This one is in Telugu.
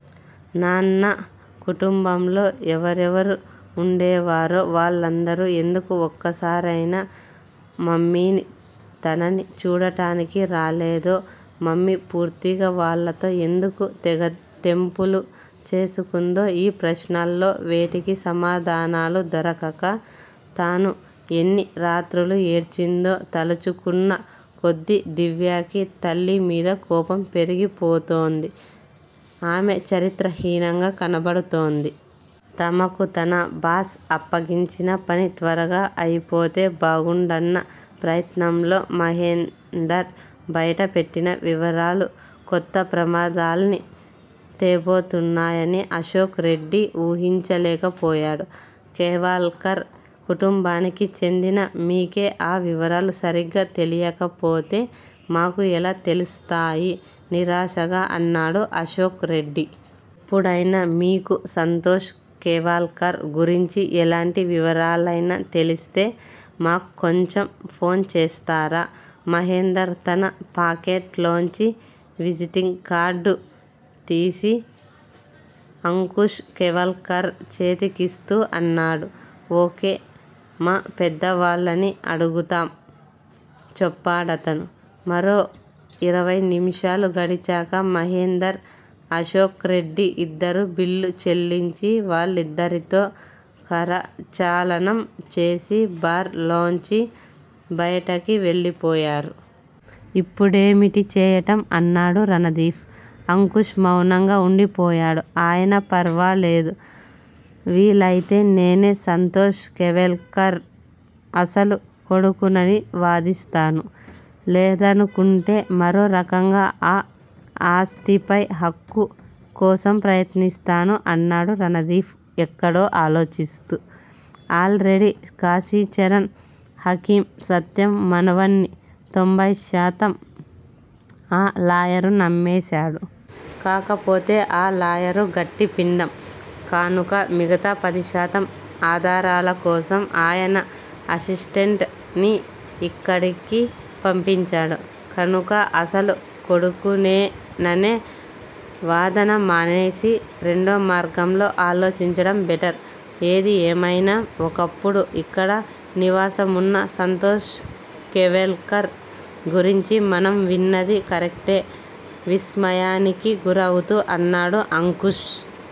నాన్న కుటుంబంలో ఎవరెవరు వుండేవారో? వాళ్ళందరూ ఎందుకు ఒక్కసారైనా మమ్మీనీ, తననీ చూడడానికి రాలేదో? మమ్మీ పూర్తిగా వాళ్ళతో ఎందుకు తెగతెంపులు చేసుకుందో? ఈ ప్రశ్నల్లో వేటికీ సమాధానాలు దొరకక, తను ఎన్ని రాత్రులు ఏడ్చిందో తలుచుకున్న కొద్దీ దివ్యకి తల్లిమీద కోపం పెరిగిపోతోంది! ఆమె చరిత్ర హీనంగా కనబడతోంది! తమకు తన బాస్ అప్పగించిన పని త్వరగా అయిపోతే బావుండన్న ప్రయత్నంలో మహేందర్ బయట పెట్టిన వివరాలు కొత్త ప్రమాదాల్ని తేబోతున్నాయని అశోక్ రెడ్డి ఊహించలేకపోయాడు. కేవల్కర్ కుటుంబానికి చెందిన మీకే ఆ వివరాలు సరిగ్గా తెలియకపొతే, మాకు ఎలా తెలిస్తాయి? నిరాశగా అన్నాడు అశోక్ రెడ్డి. ఎప్పుడైనా మీకు సంతోష్ కేవల్కర్ గురించి ఎలాంటి వివరాలైనా తెలిస్తే మా క్కొంచెం ఫోన్ చేస్తారా? మహేందర్ తన పాకెట్ లోంచి విజిటింగ్ కార్డు తీసి అంకుష్ కేవల్కర్ చేతికిస్తూ అన్నాడు. ఓ. కే. మా పెద్దవాళ్ళని అడుగుతాం చెప్పాడతను. మరో ఇరవై నిమిషాలు గడిచాక మహేందర్, అశోక్రెడ్డి ఇద్దరూ బిల్లు చెల్లించి, వాళ్ళిద్దరితో కరచాలనం చేసి, బార్ లోంచి బయటకి వెళ్ళిపోయారు. ఇప్పుడేమిటి చేయడం? అన్నాడు రణదీఫ్. అంకుష్ మౌనంగా వుండిపోయాడు. అయినా ఫర్వాలేదు_ వీలయితే నేనే సంతోష్ కేవల్కర్ అసలు కొడుకునని వదిస్తాను_ లేదనుకుంటే మరో రకంగా ఆ ఆస్తిపై హక్కు కోసం ప్రయత్నిస్తాను అన్నాడు రణదీఫ్ ఎక్కడో ఆలోచిస్తూ. అల్ రెడీ కాశీచరణ్ హకీం సత్యం మనవడ్ని తొంభై శాతం ఆ లాయరు నమ్మేశాడు. కాకపోతే ఆ లాయరు గట్టిపిండం కానుక మిగతా పదిశాతం ఆధారాలకోసం అయన అసిస్టెంట్ ని యిక్కడికి పంపించాడు కనుక అసలు కొడుకుననే వాదన మానేసి, రేండో మార్గంలో ఆలోచించడం బెటర్. ఏది ఏమైనా, ఒకప్పుడు యిక్కడ నివాసమున్న సంతోష్ కేవల్కర్ గురించి మనం విన్నది కరక్టే విస్మయానికి గురవుతూ అన్నాడు అంకుష్.